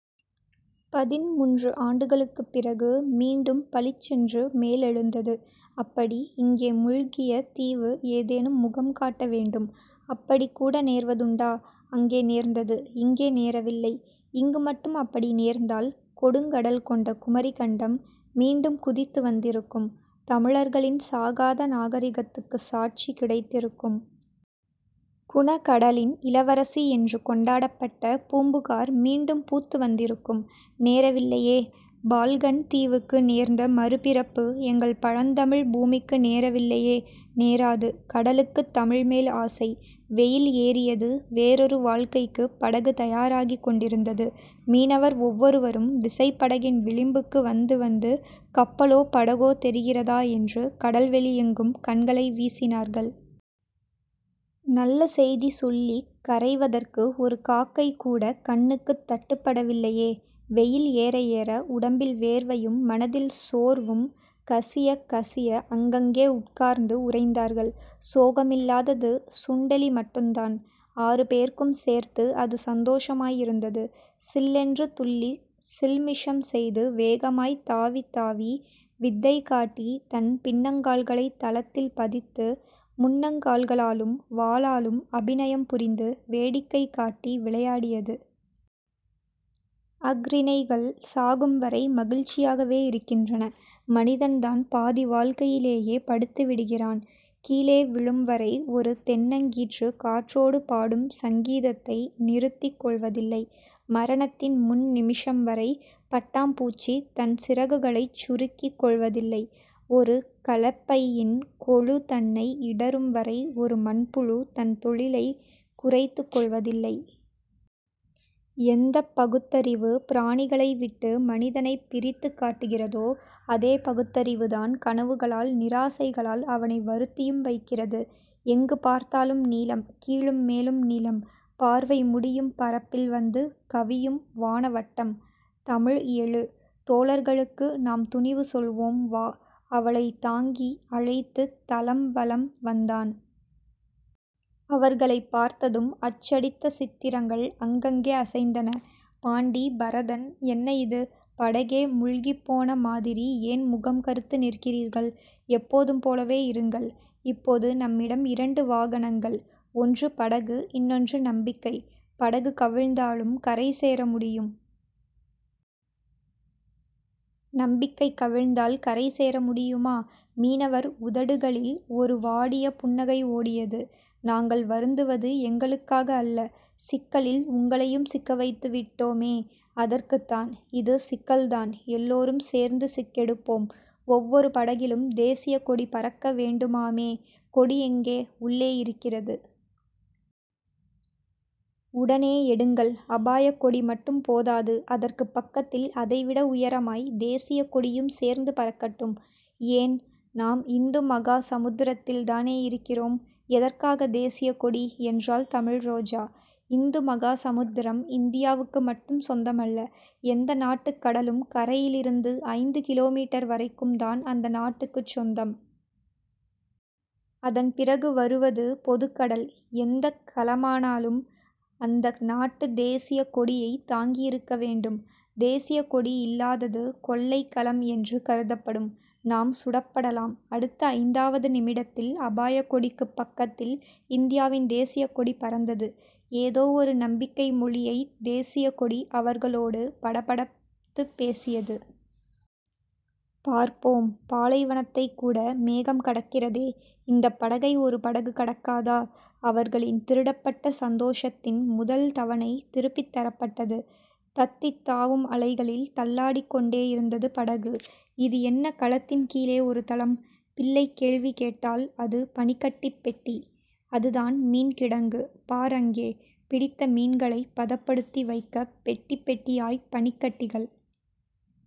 பதின்முன்று ஆண்டுகளுக்குப் பிறகு மீண்டும் பளிச்சென்று மேலெழுந்தது. அப்படி இங்கே முழ்கிய தீவு ஏதேனும் முகம் காட்ட வேண்டும். அப்படிக்கூட நேர்வதுண்டா? அங்கே நேர்ந்தது, இங்கே நேரவில்லை. இங்கு மட்டும் அப்படி நேர்ந்தால் கொடுங்கடல் கொண்ட குமரிக்கண்டம் மீண்டும் குதித்து வந்திருக்கும். தமிழர்களின் சாகாத நாகரிகத்துக்குச் சாட்சி கிடைத்திருக்கும். குணகடலின் இளவரசி என்று கொண்டாடப்பட்ட பூம்புகார் மீண்டும் பூத்து வந்திருக்கும். நேரவில்லையே. பால்கன் தீவுக்கு நேர்ந்த மறுபிறப்பு எங்கள் பழந்தமிழ் பூமிக்கு நேரவில்லையே. நேராது. கடலுக்குத் தமிழ்மேல் ஆசை. வெயில் ஏறியது. வேறோரு வாழ்க்கைக்குப் படகு தயாராகிக் கொண்டிருந்தது. மீனவர் ஒவ்வொருவரும் விசைப்படகின் விளிம்புக்கு வந்து வந்து கப்பலோ படகோ தெரிகிறதா என்று கடல்வெளியெங்கும் கண்களை வீசினார்கள். நல்ல செய்தி சொல்லிக் கரைவதற்கு ஒரு காக்கைகூடக் கண்ணுக்குத் தட்டுப்படவில்லையே. வெயில் ஏற ஏற, உடம்பில் வேர்வையும் மனதில் சோர்வும் கசியக் கசிய அங்கங்கே உட்கார்ந்து உறைந்தார்கள். சோகமில்லாதது சுண்டெலி மட்டுந்தான். ஆறுபேர்க்கும் சேர்த்து அது சந்தோஷமாயிருந்தது. சில்லென்று துள்ளிச் சில்மிஷம் செய்து வேகமாய்த் தாவித்தாவி வித்தை காட்டி தன் பின்னங்கால்களைத் தளத்தில் பதித்து முன்னங்கால்களாலும் வாலாலும் அபிநயம் புரிந்து வேடிக்கை காட்டி விளையாடியது. அஃறிணைகள் சாகும்வரை மகிழ்ச்சியாகவே இருக்கின்றன. மனிதன்தான் பாதி வாழ்க்கையிலேயே படுத்துவிடுகிறான். கீழே விழும்வரை ஒரு தென்னங்கீற்று காற்றோடு பாடும் சங்கீதத்தை நிறுத்திக் கொள்வதில்லை. மரணத்தின் முன்நிமிஷம் வரை பட்டாம் பூச்சித் தன் சிறகுகளைச் சுருக்கிக் கொள்வதில்லை. ஒரு கலப்பையின்கொழு தன்னை இடறும்வரை ஒரு மண்புழு தன் தொழிலைக் குறைத்துக் கொள்வதில்லை. எந்தப் பகுத்தறிவு, பிராணிகளைவிட்டு மனிதனைப் பிரித்துக் காட்டுகிறதோ அதே பகுத்தறிவுதான் கனவுகளால் நிராசைகளால் அவனை வருத்தியும் வைக்கிறது. எங்கு பார்த்தாலும் நீலம். கீழும் மேலும் நீலம். பார்வை முடியும் பரப்பில் வந்து கவியும் வானவட்டம். தமிழ் எழு. தோழர்களுக்கு நாம் துணிவு சொல்வோம். வா. அவளைத் தாங்கி அழைத்து தளம் வலம் வந்தான். அவர்களைப் பார்த்ததும் அச்சடித்த சித்திரங்கள் அங்கங்கே அசைந்தன. பாண்டி. பரதன். என்ன இது? படகே முழ்கிப் போன மாதிரி ஏன் முகம் கறுத்து நிற்கிறீர்கள்? எப்போதும் போலவே இருங்கள். இப்போது நம்மிடம் இரண்டு வாகனங்கள். ஒன்று படகு. இன்னொன்று நம்பிக்கை. படகு கவிழ்ந்தாலும் கரைசேர முடியும். நம்பிக்கை கவிழ்ந்தால் கரைசேர முடியுமா? மீனவர் உதடுகளில் ஒரு வாடிய புன்னகை ஓடியது. நாங்கள் வருந்துவது எங்களுக்காக அல்ல. சிக்கலில் உங்களையும் சிக்கவைத்துவிட்டோமே. அதற்குத்தான். இது சிக்கல்தான். எல்லோரும் சேர்ந்து சிக்கெடுப்போம். ஒவ்வொரு படகிலும் தேசியக்கொடி பறக்க வேண்டுமாமே. கொடி எங்கே? உள்ளே இருக்கிறது. உடனே எடுங்கள். அபாயக்கொடி மட்டும் போதாது. அதற்குப் பக்கத்தில் அதைவிட உயரமாய் தேசியக்கொடியும் சேர்ந்து பறக்கட்டும். ஏன்? நாம் இந்து மகா சமுத்திரத்தில்தானே இருக்கிறோம். எதற்காகத் தேசியக்கொடி? என்றாள் தமிழ்ரோஜா. இந்துமகா சமுத்திரம் இந்தியாவுக்கு மட்டும் சொந்தமல்ல. எந்த நாட்டுக் கடலும் கரையிலிருந்து ஐந்து கிலோமீட்டர்வரைக்கும்தான் அந்த நாட்டுக்குச் சொந்தம். அதன் பிறகு வருவது பொதுக்கடல். எந்தக் கலமானாலும் அந்த நாட்டுத் தேசியக் கொடியைத் தாங்கியிருக்கவேண்டும். தேசியக்கொடி இல்லாதது கொள்ளைக்கலம் என்று கருதப்படும். நாம் சுடப்படலாம். அடுத்த ஐந்தாவது நிமிடத்தில் அபாயக்கொடிக்குப் பக்கத்தில் இந்தியாவின் தேசியக்கொடி பறந்தது. ஏதோ ஒரு நம்பிக்கைமொழியைத் தேசியக்கொடி அவர்களோடு படபடத்துப் பேசியது. பார்ப்போம், பாலைவனத்தைக்கூட மேகம் கடக்கிறதே. இந்தப் படகை ஒரு படகு கடக்காதா? அவர்களின் திருடப்பட்ட சந்தோஷத்தின் முதல் தவணை திருப்பித் தரப்பட்டது. தத்தித்தாவும் அலைகளில் தள்ளாடிக் கொண்டேயிருந்தது படகு. இது என்ன கலத்தின் கீழே ஒரு தளம்? பிள்ளைக்கேள்வி கேட்டாள் அது பனிக்கட்டிப்பெட்டி. அதுதான் மீன் கிடங்கு. பார் அங்கே. பிடித்த மீன்களைப் பதப்படுத்தி வைக்கப் பெட்டிப் பெட்டியாய்ப் பனிக்கட்டிகள்.